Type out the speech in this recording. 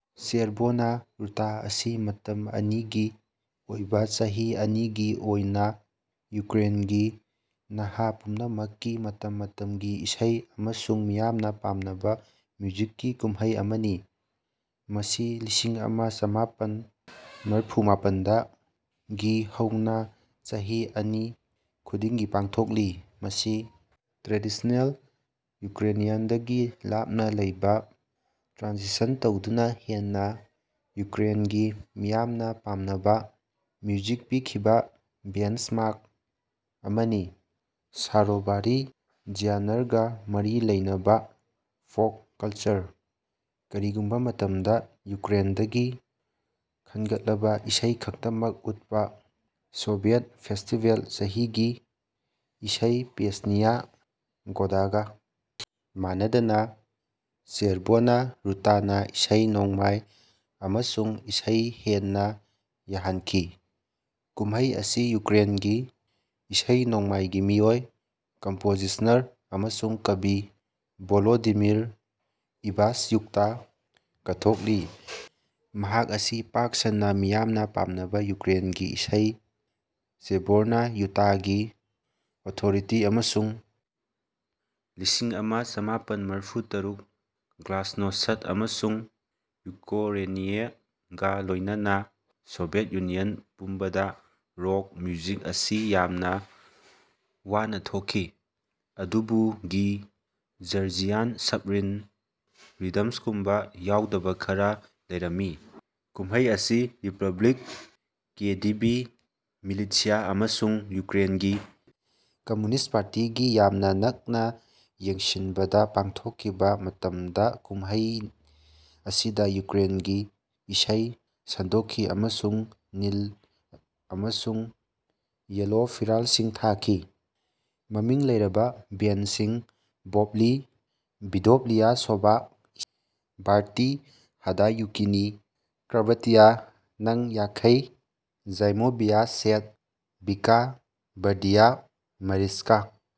Chervona ꯔꯨꯇꯥ ꯑꯁꯤ ꯃꯇꯝ ꯑꯅꯤꯒꯤ ꯑꯣꯏꯕꯥ ꯆꯍꯤ ꯑꯅꯤꯒꯤ ꯑꯣꯏꯅꯥ ꯌꯨꯀ꯭ꯔꯦꯟꯒꯤ ꯅꯍꯥ ꯄꯨꯝꯅꯃꯛꯀꯤ ꯃꯇꯝ ꯃꯇꯝꯒꯤ ꯏꯁꯩ ꯑꯃꯁꯨꯡ ꯃꯤꯌꯥꯝꯅꯥ ꯄꯥꯝꯅꯕꯥ ꯃ꯭ꯌꯨꯖꯤꯛꯀꯤ ꯀꯨꯝꯃꯩ ꯑꯃꯅꯤ ꯃꯁꯤ ꯂꯤꯁꯤꯡ ꯑꯃ ꯆꯃꯥꯄꯟ ꯃꯔꯐꯨ ꯃꯥꯄꯟꯗꯒꯤ ꯍꯧꯅꯥ ꯆꯍꯤ ꯑꯅꯤ ꯈꯨꯗꯤꯡꯒꯤ ꯄꯥꯡꯊꯣꯛꯂꯤ ꯃꯁꯤ ꯇ꯭ꯔꯦꯗꯤꯁꯟꯅꯦꯜ ꯌꯨꯀ꯭ꯔꯦꯅꯤꯌꯥꯟꯗꯒꯤ ꯂꯥꯞꯅꯥ ꯂꯩꯕꯥ ꯇ꯭ꯔꯥꯟꯁꯤꯁꯟ ꯇꯧꯗꯨꯅꯥ ꯍꯦꯟꯅꯥ ꯌꯨꯀ꯭ꯔꯦꯟꯒꯤ ꯃꯤꯌꯥꯝꯅꯥ ꯄꯥꯝꯅꯕꯥ ꯃ꯭ꯌꯨꯖꯤꯛ ꯄꯤꯈꯤꯕꯥ ꯕꯦꯟꯆꯃꯥꯔꯛ ꯑꯃꯅꯤ꯫ ꯁꯥꯔꯣꯚꯥꯔꯤ ꯖ꯭ꯌꯥꯅꯔꯒꯥ ꯃꯔꯤ ꯂꯩꯅꯕꯥ ꯐꯣꯛ ꯀꯂꯆꯔ꯫ ꯀꯔꯤꯒꯨꯝꯕꯥ ꯃꯇꯝꯗꯥ ꯌꯨꯀ꯭ꯔꯦꯟꯗꯒꯤ ꯈꯟꯒꯠꯂꯕꯥ ꯏꯁꯩ ꯈꯛꯇꯃꯛ ꯎꯠꯄꯥ ꯁꯣꯚꯤꯌꯦꯠ ꯐꯦꯁꯇꯤꯕꯦꯜ ꯆꯍꯤꯒꯤ ꯏꯁꯩ ꯄꯦꯁꯅꯤꯌꯥ ꯒꯣꯗꯥꯒꯥ ꯃꯥꯟꯅꯗꯅꯥ ꯆꯦꯔꯚꯣꯅꯥ ꯔꯨꯇꯥꯅꯥ ꯏꯁꯩ ꯅꯣꯡꯃꯥꯏ ꯑꯃꯁꯨꯡ ꯏꯁꯩ ꯍꯦꯟꯅꯥ ꯌꯥꯍꯟꯈꯤ꯫ ꯀꯨꯝꯃꯩ ꯑꯁꯤ ꯌꯨꯀ꯭ꯔꯦꯟꯒꯤ ꯏꯁꯩ ꯅꯣꯡꯃꯥꯏꯒꯤ ꯃꯤꯑꯣꯏ ꯀꯝꯄꯣꯖꯤꯁꯅꯔ ꯑꯃꯁꯨꯡ ꯀꯕꯤ ꯚꯣꯂꯣꯗꯤꯃꯤꯔ ꯏꯚꯥꯁꯌꯨꯛꯇꯥ ꯀꯠꯊꯣꯛꯂꯤ ꯃꯍꯥꯛ ꯑꯁꯤ ꯄꯥꯛ ꯁꯟꯅꯥ ꯃꯤꯌꯥꯝꯅꯥ ꯄꯥꯝꯅꯕꯥ ꯌꯨꯀ꯭ꯔꯦꯟꯒꯤ ꯏꯁꯩ ꯆꯦꯔꯚꯣꯅꯥ ꯔꯨꯇꯥꯒꯤ ꯑꯣꯊꯣꯔꯤꯇꯤ ꯑꯃꯁꯨꯡ ꯂꯤꯁꯤꯡ ꯑꯃꯆꯃꯥꯄꯟꯃꯔꯐꯨ ꯇꯔꯨꯛ ꯒ꯭ꯂꯥꯁꯅꯣꯁ꯭ꯠ ꯑꯃꯁꯨꯡ ꯎꯁ꯭ꯀꯣꯔꯦꯅꯤꯌꯦꯒꯥ ꯂꯣꯏꯅꯅꯥ ꯁꯣꯚꯤꯌꯦꯠ ꯌꯨꯅꯤꯌꯟ ꯄꯨꯝꯕꯗꯥ ꯔꯣꯛ ꯃ꯭ꯌꯨꯖꯤꯛ ꯑꯁꯤ ꯌꯥꯝꯅꯥ ꯋꯥꯅꯥ ꯊꯣꯛꯈꯤ꯫ ꯑꯗꯨꯕꯨ ꯒꯤ ꯖꯔꯖꯤꯌꯥꯟ ꯁ꯭ꯞꯔꯤꯡ ꯔꯤꯗꯃꯁꯒꯨꯝꯕꯥ ꯌꯥꯎꯗꯕꯥ ꯈꯔꯥ ꯂꯩꯔꯝꯃꯤ꯫ ꯀꯨꯝꯃꯩ ꯑꯁꯤ ꯔꯤꯄꯕ꯭ꯂꯤꯛ ꯀꯦ ꯗꯤ ꯕꯤ ꯃꯤꯂꯤꯠꯁꯤꯌꯥ ꯑꯃꯁꯨꯡ ꯌꯨꯀ꯭ꯔꯦꯟꯒꯤ ꯀꯝꯃ꯭ꯌꯨꯅꯤꯁ꯭ꯠ ꯄꯥꯔꯇꯤꯒꯤ ꯌꯥꯝꯅꯥ ꯅꯛꯅꯥ ꯌꯦꯡꯁꯤꯟꯕꯗꯥ ꯄꯥꯡꯊꯣꯛꯈꯤꯕꯥ ꯃꯇꯝꯗꯥ ꯀꯨꯝꯃꯩ ꯑꯁꯤꯗꯥ ꯌꯨꯀ꯭ꯔꯦꯟꯒꯤ ꯏꯁꯩ ꯁꯟꯗꯣꯛꯈꯤ ꯑꯃꯁꯨꯡ ꯅꯤꯜ ꯑꯃꯁꯨꯡ ꯌꯦꯜꯂꯣ ꯐꯤꯔꯥꯜꯁꯤꯡ ꯊꯥꯈꯤ꯫ ꯃꯃꯤꯡ ꯂꯩꯔꯕꯥ ꯕꯦꯟꯗꯁꯤꯡ ꯚꯣꯞꯂꯤ ꯚꯤꯗꯣꯞꯂꯤꯌꯥꯁꯣꯚꯥ ꯕ꯭ꯔꯥꯇꯤ ꯍꯥꯗꯌꯨꯀꯤꯅꯤ ꯀ꯭ꯕꯥꯔꯇꯤꯔꯥ ꯅꯪ ꯌꯥꯡꯈꯩ ꯖꯥꯏꯃꯣꯚꯤꯌ ꯁꯦꯗ ꯚꯤꯀꯥ ꯕ꯭ꯔꯗꯤꯌ ꯃꯔꯤꯆꯀꯥ